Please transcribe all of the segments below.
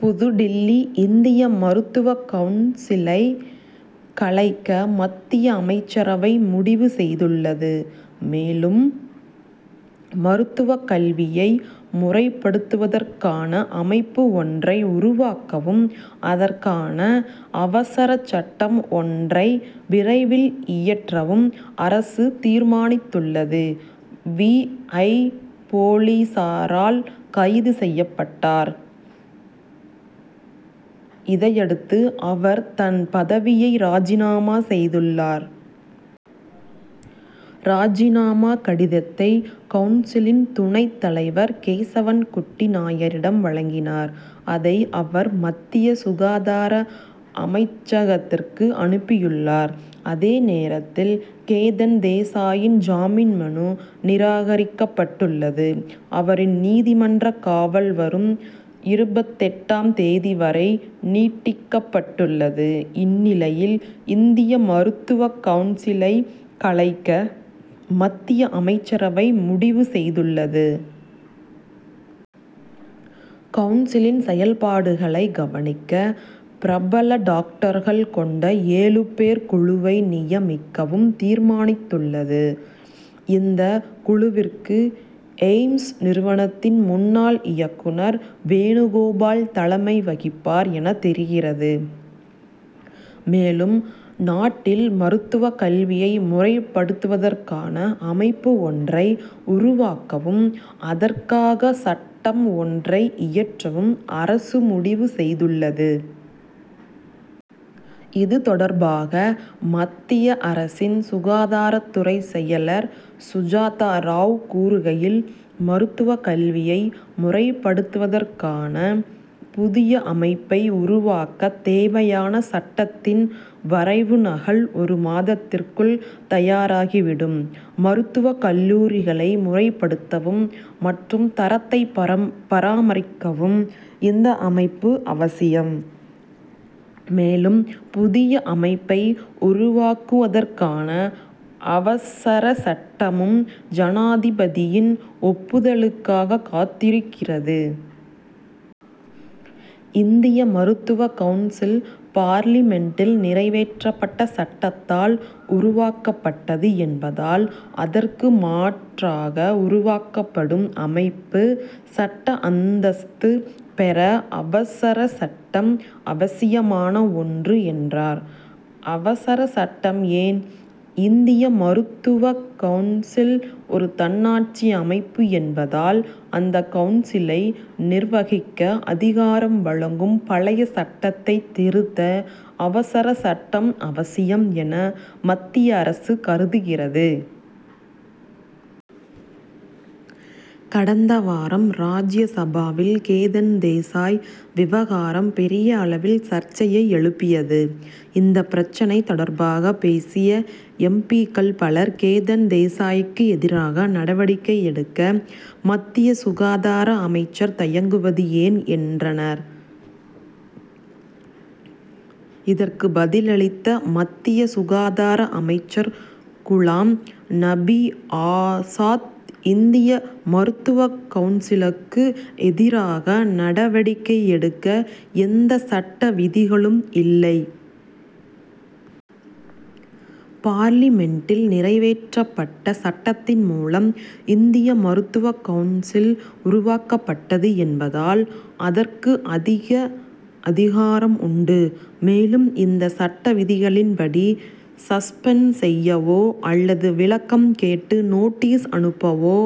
புதுடில்லி இந்திய மருத்துவக் கவுன்சிலை கலைக்க மத்திய அமைச்சரவை முடிவு செய்துள்ளது. மேலும் மருத்துவக் கல்வியை முறைப்படுத்துவதற்கான அமைப்பு ஒன்றை உருவாக்கவும் அதற்கான அவசரச் சட்டம் ஒன்றை விரைவில் இயற்றவும் அரசு தீர்மானித்துள்ளது. பி. ஐ. போலீசாரால் கைது செய்யப்பட்டார். இதையடுத்து அவர் தன் பதவியை ராஜினாமா செய்தார். ராஜினாமா கடிதத்தை கவுன்சிலின் துணைத் தலைவர் கேசவன்குட்டி நாயரிடம் வழங்கினார். அதை அவர் மத்திய சுகாதார அமைச்சகத்திற்கு அனுப்பியுள்ளார். அதே நேரத்தில் கேதன் தேசாயின் ஜாமீன் மனு நிராகரிக்கப்பட்டுள்ளது. அவரின் நீதிமன்றக் காவல் வரும் இருபத்தெட்டாம் தேதி வரை நீட்டிக்கப்பட்டுள்ளது. இந்நிலையில் இந்திய மருத்துவக் கவுன்சிலை கலைக்க மத்திய அமைச்சரவை முடிவு செய்துள்ளது. கவுன்சிலின் செயல்பாடுகளைக் கவனிக்க பிரபல டாக்டர்கள் கொண்ட ஏழு பேர் குழுவை நியமிக்கவும் தீர்மானித்துள்ளது. இந்தக் குழுவிற்கு எய்ம்ஸ் நிறுவனத்தின் முன்னாள் இயக்குனர் வேணுகோபால் தலைமை வகிப்பார் என தெரிகிறது. மேலும் நாட்டில் மருத்துவக் கல்வியை முறைப்படுத்துவதற்கான அமைப்பு ஒன்றை உருவாக்கவும் அதற்காக சட்டம் ஒன்றை இயற்றவும் அரசு முடிவு செய்துள்ளது. இது தொடர்பாக மத்திய அரசின் சுகாதாரத் துறைச் செயலர் சுஜாதா ராவ் கூறுகையில் மருத்துவக் கல்வியை முறைப்படுவதற்கான புதிய அமைப்பை உருவாக்கத் தேவையான சட்டத்தின் வரைவு நகல் ஒரு மாதத்திற்குள் தயாராகிவிடும். மருத்துவக் கல்லூரிகளை முறைப்படுத்தவும் மற்றும் தரத்தை பராமரிக்கவும் இந்த அமைப்பு அவசியம். மேலும் புதிய அமைப்பை உருவாக்குவதற்கான அவசர சட்டமும் ஜனாதிபதியின் ஒப்புதலுக்காக காத்திருக்கிறது. இந்திய மருத்துவக் கவுன்சில் பார்லிமென்டில் நிறைவேற்றப்பட்ட சட்டத்தால் உருவாக்கப்பட்டது என்பதால் அதற்கு மாற்றாக உருவாக்கப்படும் அமைப்பு சட்ட அந்தஸ்து பெற அவசர சட்டம் அவசியமான ஒன்று என்றார். அவசர சட்டம் ஏன்? இந்திய மருத்துவக் கவுன்சில் ஒரு தன்னாட்சி அமைப்பு என்பதால் அந்த கவுன்சிலை நிர்வகிக்க அதிகாரம் வழங்கும் பழைய சட்டத்தை திருத்த அவசரச் சட்டம் அவசியம் என மத்திய அரசு கருதுகிறது. கடந்த வாரம் ராஜ்ய சபாவில் கேதன் தேசாய் விவகாரம் பெரிய அளவில் சர்ச்சையை எழுப்பியது. இந்தப் பிரச்னை தொடர்பாக பேசிய எம். பி.க்கள் பலர் கேதன் தேசாய்க்கு எதிராக நடவடிக்கை எடுக்க மத்திய சுகாதார அமைச்சர் தயங்குவது ஏன் என்றனர். இதற்கு பதிலளித்த மத்திய சுகாதார அமைச்சர் குலாம் நபி ஆசாத் இந்திய மருத்துவக் கவுன்சிலுக்கு எதிராக நடவடிக்கை எடுக்க எந்த சட்ட விதிகளும் இல்லை. பார்லிமென்டில் நிறைவேற்றப்பட்ட சட்டத்தின் மூலம் இந்திய மருத்துவக் கவுன்சில் உருவாக்கப்பட்டது என்பதால் அதற்கு அதிக அதிகாரம் உண்டு. மேலும் இந்த சட்ட விதிகளின்படி சஸ்பெண்ட் செய்யவோ அல்லது விளக்கம் கேட்டு நோட்டீஸ் அனுப்பவோ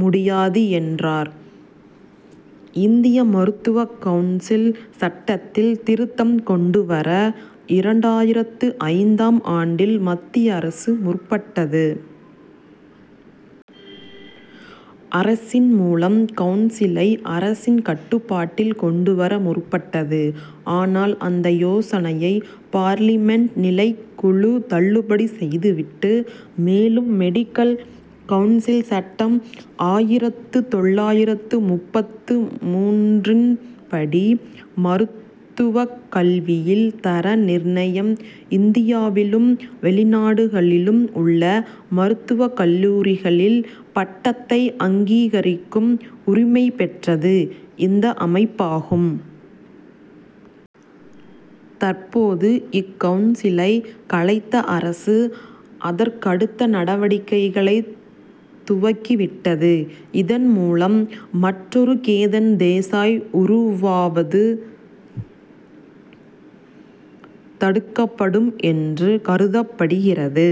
முடியாது என்றார். இந்திய மருத்துவக் கவுன்சில் சட்டத்தில் திருத்தம் கொண்டு வர இரண்டாயிரத்து ஐந்தாம் ஆண்டில் மத்திய அரசு முற்பட்டது. அதன் மூலம் கவுன்சிலை அரசின் கட்டுப்பாட்டில் கொண்டு வர முற்பட்டது. ஆனால் அந்த யோசனையை பார்லிமென்ட் நிலைக்குழு தள்ளுபடி செய்துவிட்டது. மேலும் மெடிக்கல் கவுன்சில் சட்டம் ஆயிரத்து தொள்ளாயிரத்து முப்பத்து மூன்றன்படி மருத்துவக் கல்வியில் தர நிர்ணயம் இந்தியாவிலும் வெளிநாடுகளிலும் உள்ள மருத்துவக் கல்லூரிகளில் பட்டத்தை அங்கீகரிக்கும் உரிமை பெற்றது இந்த அமைப்பாகும். தற்போது இக்கவுன்சிலை கலைத்த அரசு அதற்கடுத்த நடவடிக்கைகளை துவக்கிவிட்டது. இதன் மூலம் மற்றொரு கேதன் தேசாய் உருவாவது தடுக்கப்படும் என்று கருதப்படுகிறது.